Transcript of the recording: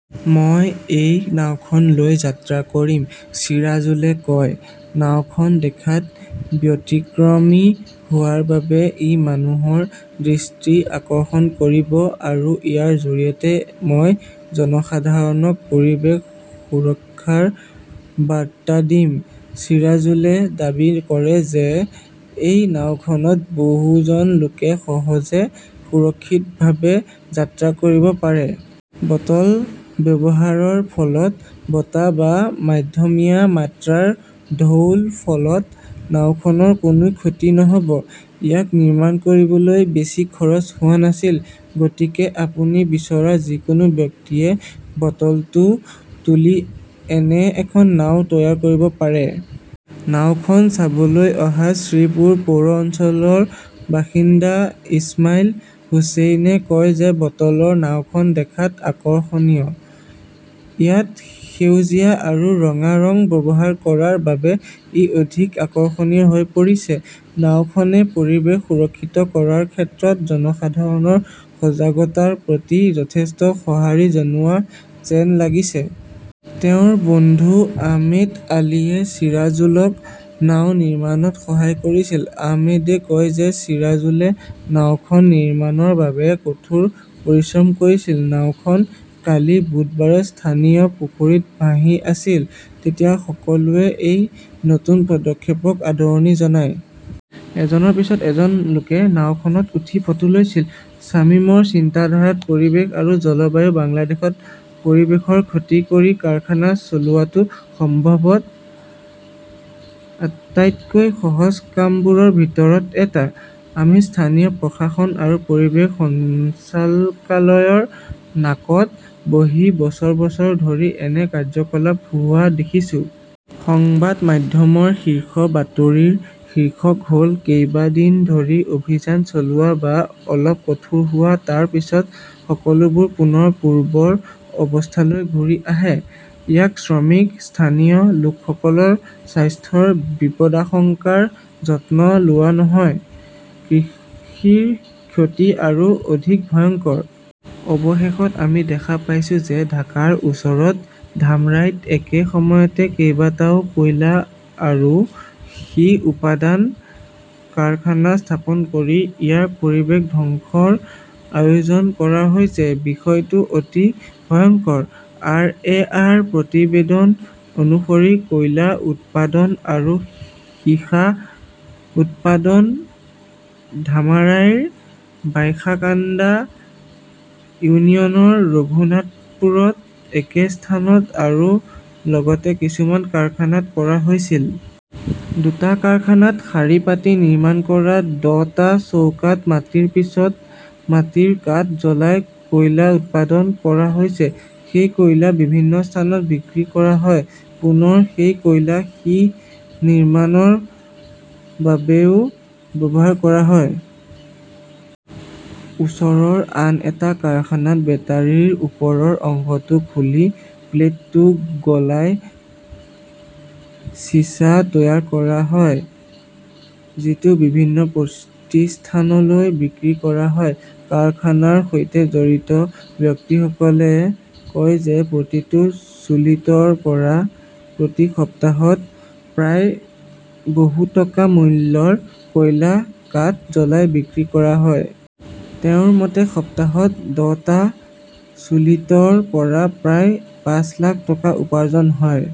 মই এই নাওখন লৈ যাত্ৰা কৰিম, চিৰাজুলে কয়। নাওখন দেখাত ব্যতিক্ৰমী হোৱাৰ বাবে ই মানুহৰ দৃষ্টি আকৰ্ষণ কৰিব আৰু ইয়াৰ জৰিয়তে মই জনসাধাৰণক পৰিৱেশ সুৰক্ষাৰ বাৰ্তা দিম। চিৰাজুলে দাবী কৰে যে এই নাওখনত বহুজন লোকে সহজে সুৰক্ষিতভাৱে যাত্ৰা কৰিব পাৰে। বটল ব্যৱহাৰৰ ফলত বতাহ বা মধ্যমীয়া মাত্ৰাৰ ঢৌৰ ফলত নাওখনৰ কোনো ক্ষতি নহ'ব। ইয়াক নিৰ্মাণ কৰিবলৈ বেছি খৰচ হোৱা নাছিল। গতিকে আপুনি বিচৰা যিকোনো ব্যক্তিয়ে বটলটো তুলি এনে এখন নাও তৈয়াৰ কৰিব পাৰে। নাওখন চাবলৈ অহা শ্ৰীপুৰ পৌৰ অঞ্চলৰ বাসিন্দা ইছমাইল হুচেইনে কয় যে বটলৰ নাওখন দেখাত আকৰ্ষণীয়। ইয়াত সেউজীয়া আৰু ৰঙা ৰং ব্যৱহাৰ কৰাৰ বাবে ই অধিক আকৰ্ষণীয় হৈ পৰিছে। নাওখনে পৰিৱেশ সুৰক্ষিত কৰাৰ ক্ষেত্ৰত জনসাধাৰণৰ সজাগতাৰ প্ৰতি যথেষ্ট সঁহাৰি জনোৱা যেন লাগিছে। তেওঁৰ বন্ধু আহমেদ আলীয়ে ছিৰাজুলক নাও নিৰ্মাণত সহায় কৰিছিল। আহমেদে কয় যে চিৰাজুলে নাওখন নিৰ্মাণৰ বাবে কঠোৰ পৰিশ্ৰম কৰিছিল। নাওখন কালি বুধবাৰে স্থানীয় পুখুৰীত ভাহি আছিল। তেতিয়া সকলোৱে এই নতুন পদক্ষেপক আদৰণি জনায়। এজনৰ পিছত এজন লোকে নাওখনত উঠি ফটো লৈছিল। শ্বামিমৰ চিন্তাধাৰাত পৰিৱেশ আৰু জলবায়ু বাংলাদেশত পৰিৱেশৰ ক্ষতি কৰি কাৰখানা চলোৱাটো সম্ভৱতঃ আটাইতকৈ সহজ কামবোৰৰ ভিতৰত এটা। আমি স্থানীয় প্ৰশাসন বা পৰিৱেশ সঞ্চালকালয়ৰ নাকত বহি বছৰ বছৰ ধৰি এনে কাৰ্যকলাপ হোৱা দেখিছোঁ। সংবাদ মাধ্যমৰ শীৰ্ষ বাতৰিৰ শীৰ্ষক হ'ল কেইবা দিন ধৰি অভিযান চলোৱা বা অলপ কঠোৰ হোৱা, তাৰ পিছত সকলোবোৰ পুনৰ পূৰ্বৰ অৱস্থালৈ ঘূৰি আহে। ইয়াত শ্ৰমিক, স্থানীয় লোকসকলৰ স্বাস্থ্যৰ বিপদাশংকাৰ যত্ন লোৱা নহয়। কৃষিৰ ক্ষতি আৰু অধিক ভয়ংকৰ। অৱশেষত আমি দেখা পাইছো যে ঢাকাৰ ওচৰৰ ধামৰাইত একে সময়তে কেইবাটাও কয়লা আৰু সীহ উৎপাদন কাৰখানা স্থাপন কৰি ইয়াৰ পৰিৱেশ ধ্বংসৰ আয়োজন কৰা হৈছে। বিষয়টো অতি ভয়ংকৰ। আৰ. এ. -ৰ প্ৰতিবেদন অনুসৰি, কয়লা উৎপাদন আৰু সীসা উৎপাদন ধামাৰাইৰ বাইশাকাণ্ডা ইউনিয়নৰ ৰঘুনাথপুৰত একে স্থানত আৰু লগতে কিছুমান কাৰখানাত কৰা হৈছিল। দুটা কাৰখানাত শাৰী পাতি নিৰ্মাণ কৰা দহটা চৌকাত মাটিৰ পিছত মাটিৰ কাঠ জ্বলাই কয়লা উৎপাদন কৰা হৈছে। সেই কয়লা বিভিন্ন স্থানত বিক্ৰী কৰা হয়। পুনৰ সেই কয়লা সীহ নিৰ্মাণৰ বাবেও ব্যৱহাৰ কৰা হয়। ওচৰৰ আন এটা কাৰখানাত বেটাৰীৰ ওপৰৰ অংশটো খুলি প্লেটটো গলাই চিছা তৈয়াৰ কৰা হয়, যিটো বিভিন্ন প্ৰতিষ্ঠানলৈ বিক্ৰী কৰা হয়। কাৰখানাৰ সৈতে জড়িত ব্যক্তিসকলে কয় যে প্ৰতিটো চুলিতৰ পৰা প্ৰতি সপ্তাহত প্ৰায় বহু টকা মূল্যৰ কয়লা কাঠ জ্বলাই বিক্ৰী কৰা হয়। তেওঁৰ মতে, সপ্তাহত দহটা চুলিতৰ পৰা প্ৰায় পাঁচ লাখ টকা উপাৰ্জন হয়।